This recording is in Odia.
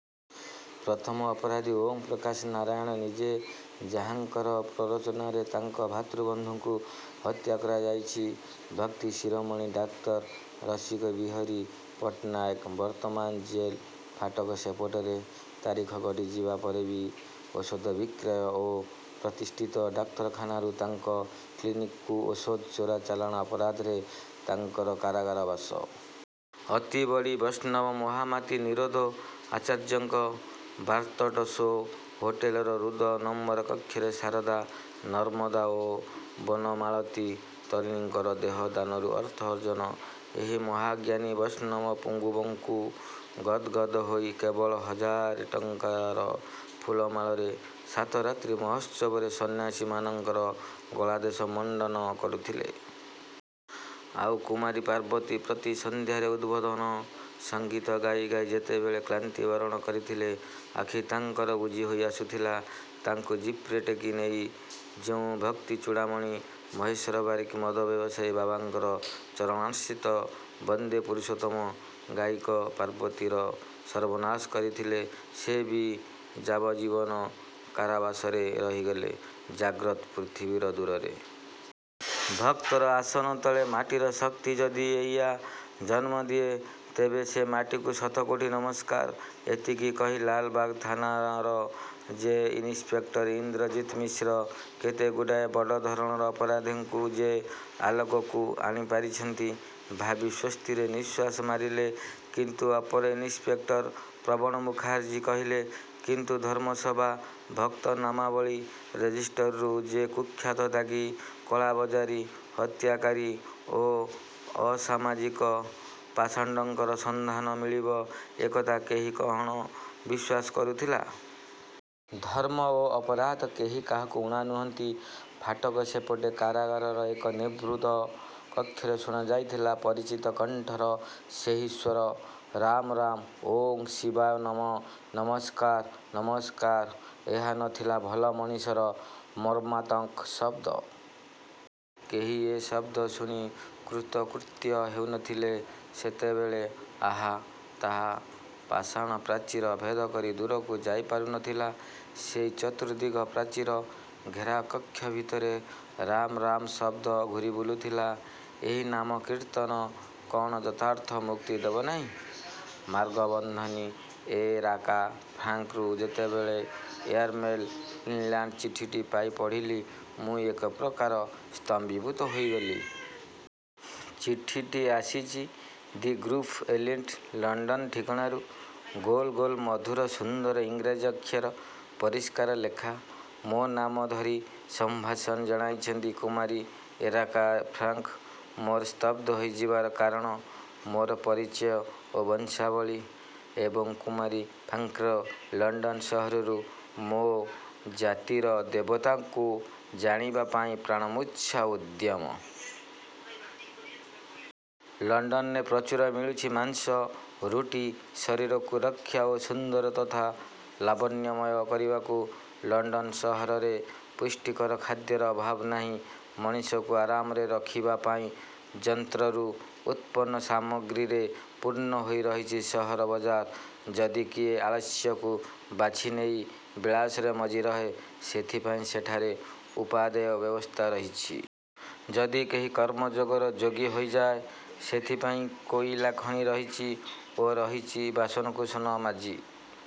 ପ୍ରଥମ ଅପରାଧୀ ଓଁ ପ୍ରକାଶ ନାରାୟଣ ନିଜେ ଯାହାଙ୍କର ପ୍ରରୋଚନାରେ ତାଙ୍କ ଭ୍ରାତୃବନ୍ଧୁଙ୍କୁ ହତ୍ୟା କରାଯାଇଛି, ଭକ୍ତଶିରୋମଣି ଡାକ୍ତର ରସିକବିହରୀ ପଟ୍ଟନାୟକ ବର୍ତ୍ତମାନ ଜେଲ୍ ଫାଟକ ସେପଟରେ। ତାରିଖ ଗଡ଼ିଯିବା ପରେ ବି ଔଷଧ ବିକ୍ରୟ ଓ ପ୍ରତିଷ୍ଠିତ ଡାକ୍ତରଖାନାରୁ ତାଙ୍କ କ୍ଲିନିକକୁ ଔଷଧ ଚୋରା ଚାଲାଣ ଅପରାଧରେ ତାଙ୍କର କାରଗାର ବାସ। ଅତିବଡ଼ି ବୈଷ୍ଣବ ମହାମାତୀ ନୀରୋଦ ଆଚାର୍ଯ୍ୟଙ୍କ "ବାର୍ତ୍ତଟ୍ ସୋ" ହୋଟେଲର ରୁଦ୍ଧ ନମ୍ବର କକ୍ଷରେ ଶାରଦା, ନର୍ମଦା ଓ ବନମାଳତୀ ତରୁଣୀଙ୍କର ଦେହ ଦାନରୁ ଅର୍ଥ ଅର୍ଜନ। ଏହି ମହାଜ୍ଞାନୀ ବୈଷ୍ଣବ ପୁଙ୍ଗବଙ୍କୁ ଗଦ୍ ଗଦ୍ ହୋଇ କେବଳ ହଜାରେ ଟଙ୍କାର ଫୁଲମାଳରେ ସାତରାତ୍ରି ମହୋତ୍ସବରେ ସନ୍ନ୍ୟାସୀମାନଙ୍କର ଗଳାଦେଶ ମଣ୍ଡନ କରୁଥିଲେ। ଆଉ କୁମାରୀ ପାର୍ବତୀ ପ୍ରତି ସନ୍ଧ୍ୟାରେ ଉଦ୍ବୋଧନ ସଙ୍ଗୀତ ଗାଇ ଗାଇ ଯେତେବେଳେ କ୍ଳାନ୍ତି ବରଣ କରିଥିଲେ, ଆଖି ତାଙ୍କର ବୁଜି ହୋଇ ଆସୁଥିଲା, ତାଙ୍କୁ ଜିପ୍ରେ ଟେକି ନେଇ ଯେଉଁ ଭକ୍ତଚୂଡ଼ାମଣି ମହେଶ୍ୱର ବାରିକ ମଦ ବ୍ୟବସାୟୀ ବାବାଙ୍କର ଚରଣାଶ୍ରିତ 'ବନ୍ଦେ ପୁରୁଷୋତ୍ତମ' ଗାୟିକ ପାର୍ବତୀର ସର୍ବନାଶ କରିଥିଲେ, ସେ ବି ଯାବଜ୍ଜୀବନ କାରାବାସରେ ରହିଗଲେ ଜାଗ୍ରତ ପୃଥିବୀର ଦୂରରେ। "ଭକ୍ତର ଆସନ ତଳେ ମାଟିର ଶକ୍ତି ଯଦି ଏଇଆ ଜନ୍ମଦିଏ, ତେବେ ସେ ମାଟିକୁ ଶତକୋଟି ନମସ୍କାର" ଏତିକି କହି ଲାଲବାଗ ଥାନାର ଯେ ଇନିସ୍ପେକ୍ଟର ଇନ୍ଦ୍ରଜିତ୍ ମିଶ୍ର କେତେଗୁଡ଼ାଏ ବଡ଼ ଧରଣର ଅପରାଧୀଙ୍କୁ ଯେ ଆଲୋକକୁ ଆଣିପାରିଛନ୍ତି, ଭାବି ସ୍ଵସ୍ତିରେ ନିଃଶ୍ୱାସ ମାରିଲେ। "-କିନ୍ତୁ" ଅପର ଇନିସ୍ପେକଟର ପ୍ରବଣ ମୁଖାର୍ଜି କହିଲେ, "କିନ୍ତୁ ଧର୍ମସଭା ଭକ୍ତନାମାବଳୀ ରେଜିଷ୍ଟରରୁ ଯେ କୁଖ୍ୟାତ ଦାଗୀ, କଳାବଜାରୀ, ହତ୍ୟାକାରୀ ଓ ଅସାମାଜିକ ପାଷଣ୍ଡଙ୍କର ସନ୍ଧାନ ମିଳିବ, ଏକଥା କେହି କଅଣ ବିଶ୍ୱାସ କରୁଥିଲା? ଧର୍ମ ଓ ଅପରାଧ କେହି କାହାକୁ ଊଣା ନୁହନ୍ତି। ଫାଟକ ସେପଟେ କାରାଗାରର ଏକ ନିଭୃତ କକ୍ଷରେ ଶୁଣାଯାଇଥିଲା, ପରିଚିତ କଣ୍ଠର ସେହି ସ୍ଵର "ରାମ୍ ରାମ୍, ଓଁ ଶିବାୟ ନମଃ, ନମସ୍କାର… ନମସ୍କାର। " ଏହା ନ ଥିଲା ଭଲ ମଣିଷର ମର୍ମାନ୍ତକ ଶବ୍ଦ। କେହି ଏ ଶବ୍ଦ ଶୁଣି କୃତକୃତ୍ୟ ହେଉ ନଥିଲେ ସେତେବେଳେ। ଆହା! ତାହା ପାଷାଣ ପ୍ରାଚୀର ଭେଦକରି ଦୂରକୁ ଯାଇପାରୁନଥିଲା। ସେହି ଚତୁର୍ଦ୍ଦିଗ ପ୍ରାଚୀର-ଘେରା କକ୍ଷଭିତରେ ରାମ୍ ରାମ୍ ଶବ୍ଦ ଘୂରିବୁଲୁଥିଲା। ଏହି ନାମକୀର୍ତ୍ତନ କଅଣ ଯଥାର୍ଥ ମୁକ୍ତି ଦେବନାହିଁ? ମାର୍ଗ-ବନ୍ଧନୀ ଏରାକା ଫ୍ରାଙ୍କ୍ଠାରୁ ଯେତେବେଳେ ଏଆର୍ ମେଲ୍ ଇନ୍ଲ୍ୟାଣ୍ଡ ଚିଠିଟି ପାଇ ପଢ଼ିଲି ମୁଁ ଏକପ୍ରକାର ସ୍ତମ୍ଭୀଭୂତ ହୋଇଗଲି। ଚିଠିଟି ଆସିଛି, ଦି' ଗ୍ରୁଭ ଏଲିଣ୍ଡ୍, ଲଣ୍ଡନ ଠିକଣାରୁ। ଗୋଲ ଗୋଲ ମଧୁର ସୁନ୍ଦର ଇଂରାଜୀ ଅକ୍ଷର। ପରିଷ୍କାର ଲେଖା। ମୋ ନାମ ଧରି ସମ୍ଭାଷଣ ଜଣାଇଛନ୍ତି କୁମାରୀ ଏରାକା ଫ୍ରାଙ୍କ୍। ମୋର ସ୍ତବ୍ଧ ହୋଇଯିବାର କାରଣ, ମୋର ପରିଚୟ ଓ ବଂଶାବଳୀ ଏବଂ କୁମାରୀ ଫ୍ରାଙ୍କ୍ର ଲଣ୍ଡନ ସହରରୁ ମୋ ଜାତିର ଦେବତାକୁ ଜାଣିବା ପାଇଁ ପ୍ରାଣମୂର୍ଚ୍ଛା ଉଦ୍ୟମ। ଲଣ୍ଡନରେ ପ୍ରଚୁର ମିଳୁଛି ମାଂସ, ରୁଟି। ଶରୀରକୁ ରକ୍ଷା ଓ ସୁନ୍ଦର ତଥା ଲାବଣ୍ୟମୟ କରିବାକୁ ଲଣ୍ଡନ ସହରରେ ପୁଷ୍ଟିକର ଖାଦ୍ୟର ଅଭାବ ନାହିଁ। ମଣିଷକୁ ଆରାମରେ ରଖିବାପାଇଁ ଯନ୍ତ୍ରରୁ ଉତ୍ପନ୍ନ ସାମଗ୍ରୀରେ ପୂର୍ଣ୍ଣ ହୋଇ ରହିଛି ସହର ବଜାର। ଯଦି କିଏ ଆଳସ୍ୟକୁ ବାଛି ନେଇ ବିଳାସରେ ମଜ୍ଜି ରହେ, ସେଥିପାଇଁ ସେଠାରେ ଉପାଦେୟ ବ୍ୟବସ୍ଥା ରହିଛି। ଯଦି କେହି କର୍ମଯୋଗର ଯୋଗୀ ହୋଇଯାଏ, ସେଥିପାଇଁ କୋଇଲା ଖଣି ରହିଛି ଓ ରହିଛି ବାସନକୁସନ ମାଜି